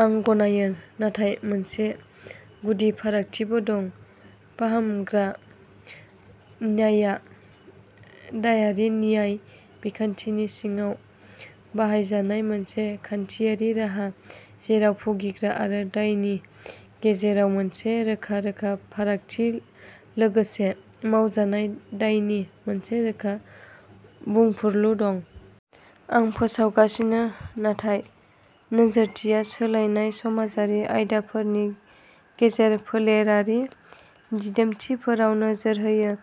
आं गनायो, नाथाय मोनसे गुदि फारागथिबो दं। फाहामग्रा न्यायआ दायारि न्याय बिखान्थिनि सिङाव बाहायजानाय मोनसे खान्थियारि राहा, जेराव भुगिग्रा आरो दायनि गेजेराव मोनसे रोखा रोखा फारागथि लोगोसे मावजानाय दायनि मोनसे रोखा बुंफुरलु दं। आं फोसावगासिनो थानाय नोजोरथिया सोलायनाय समाजारि आयदाफोरनि गेजेर-फोलेरारि दिदोमथिफोराव नोजोर होयो,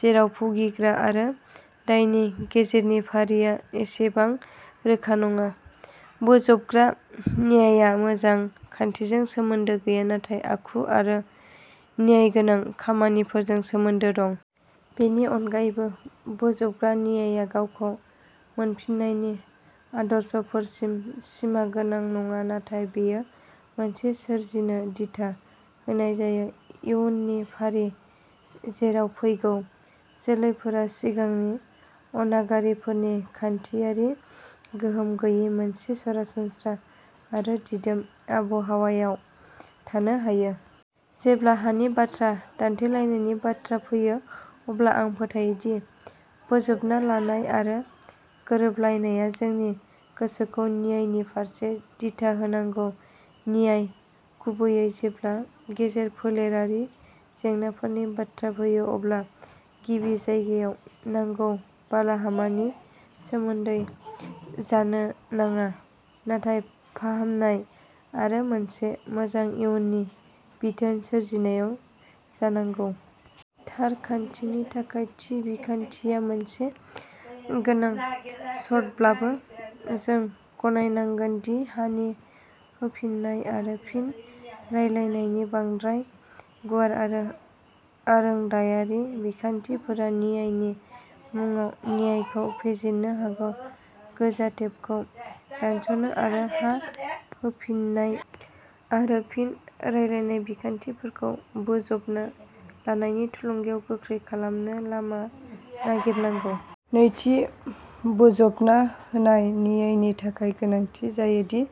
जेराव भुगिग्रा आरो दायनि गेजेरनि फारिया एसेबां रोखा नङा। बोजबग्रा न्यायआ मोजां खान्थिजों सोमोन्दो गैया, नाथाय आखु आरो न्यायगोनां खामानिफोरजों सोमोन्दो दं। बेनि अनगायैबो, बोजबग्रा न्यायआ गावखौ मोनफिननायनि आदर्शफोरसिम सिमागोनां नङा, नाथाय बेयो मोनसे सोरजिनो दिथा होनाय जायो। इयुननि फारि जेराव फैगौ जोलैफोरा सिगांनि अनागारिफोरनि खान्थियारि गोहोम गैयै मोनसे सरासनस्रा आरो दिदोम आबहावायाव थानो हायो। जेब्ला हानि बाथ्रा दान्थेलायनायनि बाथ्रा फैयो, अब्ला आं फोथायो दि बोजबना लानाय आरो गोरोबलायनाया जोंनि गोसोखौ न्यायनि फारसे दिथा होनांगौ। न्याय, गुबैयै जेब्ला गेजेर-फोलेरारि जेंनाफोरनि बाथ्रा फैयो, अब्ला गिबि जायगायाव, नांगौ बालाहामानि सोमोन्दै जानो नाङा, नाथाय फाहामनाय आरो मोनसे मोजां इयुननि बिथोन सोरजिनायाव जानांगौ। थार खान्थिनि थाखाय थि बिखान्थिया मोनसे गोनां सर्तब्लाबो, जों गनायनांगोन दि हानि होफिननाय आरो फिन रानलायनायनि बांद्राय गुवार आरो आरोंदायारि बिखान्थिफोरा न्यायनि मुंआव न्यायखौ फेजेननो हागौ। गोजा टेपखौ दानस'नो आरो हा होफिन्नाय आरो फिन रानलायनाय बिखान्थिफोरखौ बोजबना लानायनि थुलुंगायाव गोख्रै खालामनो लामा नागिरनांगौ। नैथि, बोजबना होनाय न्यायनि थाखाय गोनांथि जायो दि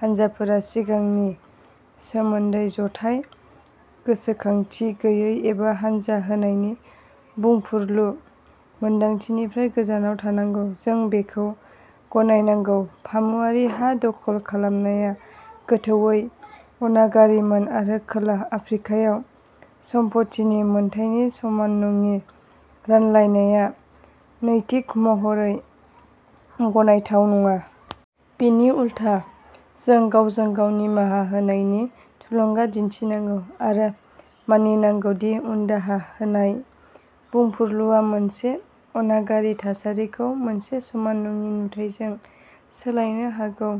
हानजाफोरा सिगांनि सोमोन्दै जथाय गोसोखांथि गैयै एबा साजा होनायनि बुंफुरलु मोनदांथिनिफ्राय गोजानाव थानांगौ। जों बेखौ गनायनांगौ। फामुवारि हा दखल खालामनाया गोथौवै अनागारिमोन आरो खोला आफ्रिकायाव सम्पथिनि मोनथायनि समान नङि रानलायनाया नैतिक महरै गनायथाव नङा। बिनि उलथा, जों गावजों गाव निमाहा होनायनि थुलुंगा दिन्थिनांगौ आरो मानिनांगौ दि उनदाहा होनाय बुंफुरलुआ मोनसे अनागारि थासारिखौ मोनसे समान नङि नुथाइजों सोलायनो हागौ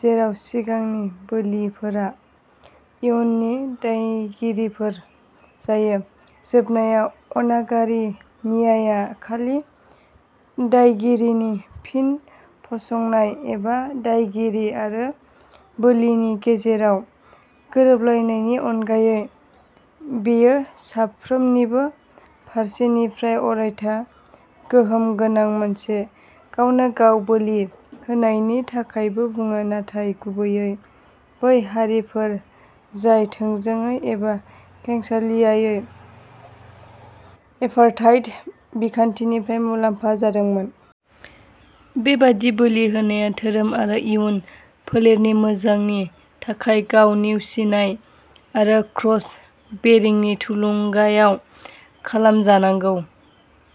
जेराव सिगांनि बोलिफोरा इयुननि दायगिरिफोर जायो। जोबनायाव, अनागारि न्यायआ खालि दायगिरिनि फिन फसंनाय एबा दायगिरि आरो बोलिनि गेजेराव गोरोबलायनायनि अनगायै; बेयो साफ्रोमनिबो फारसेनिफ्राय अरायथा गोहोम गोनां मोनसे गावनो-गाव बोलि होनायनि थाखायबो बुङो, नाथाय गुबैयै बै हारिफोर जाय थोंजोङै एबा खेंसालियायै एपार्थाइड बिखान्थिनिफ्राय मुलाम्फा जादोंमोन। बेबादि बोलि होनाया धोरोम आरो इयुन फोलेरनि मोजांनि थाखाय गाव-नेवसिनाय आरो क्रस बेरिंनि थुलुंगायाव खालामजानांगौ।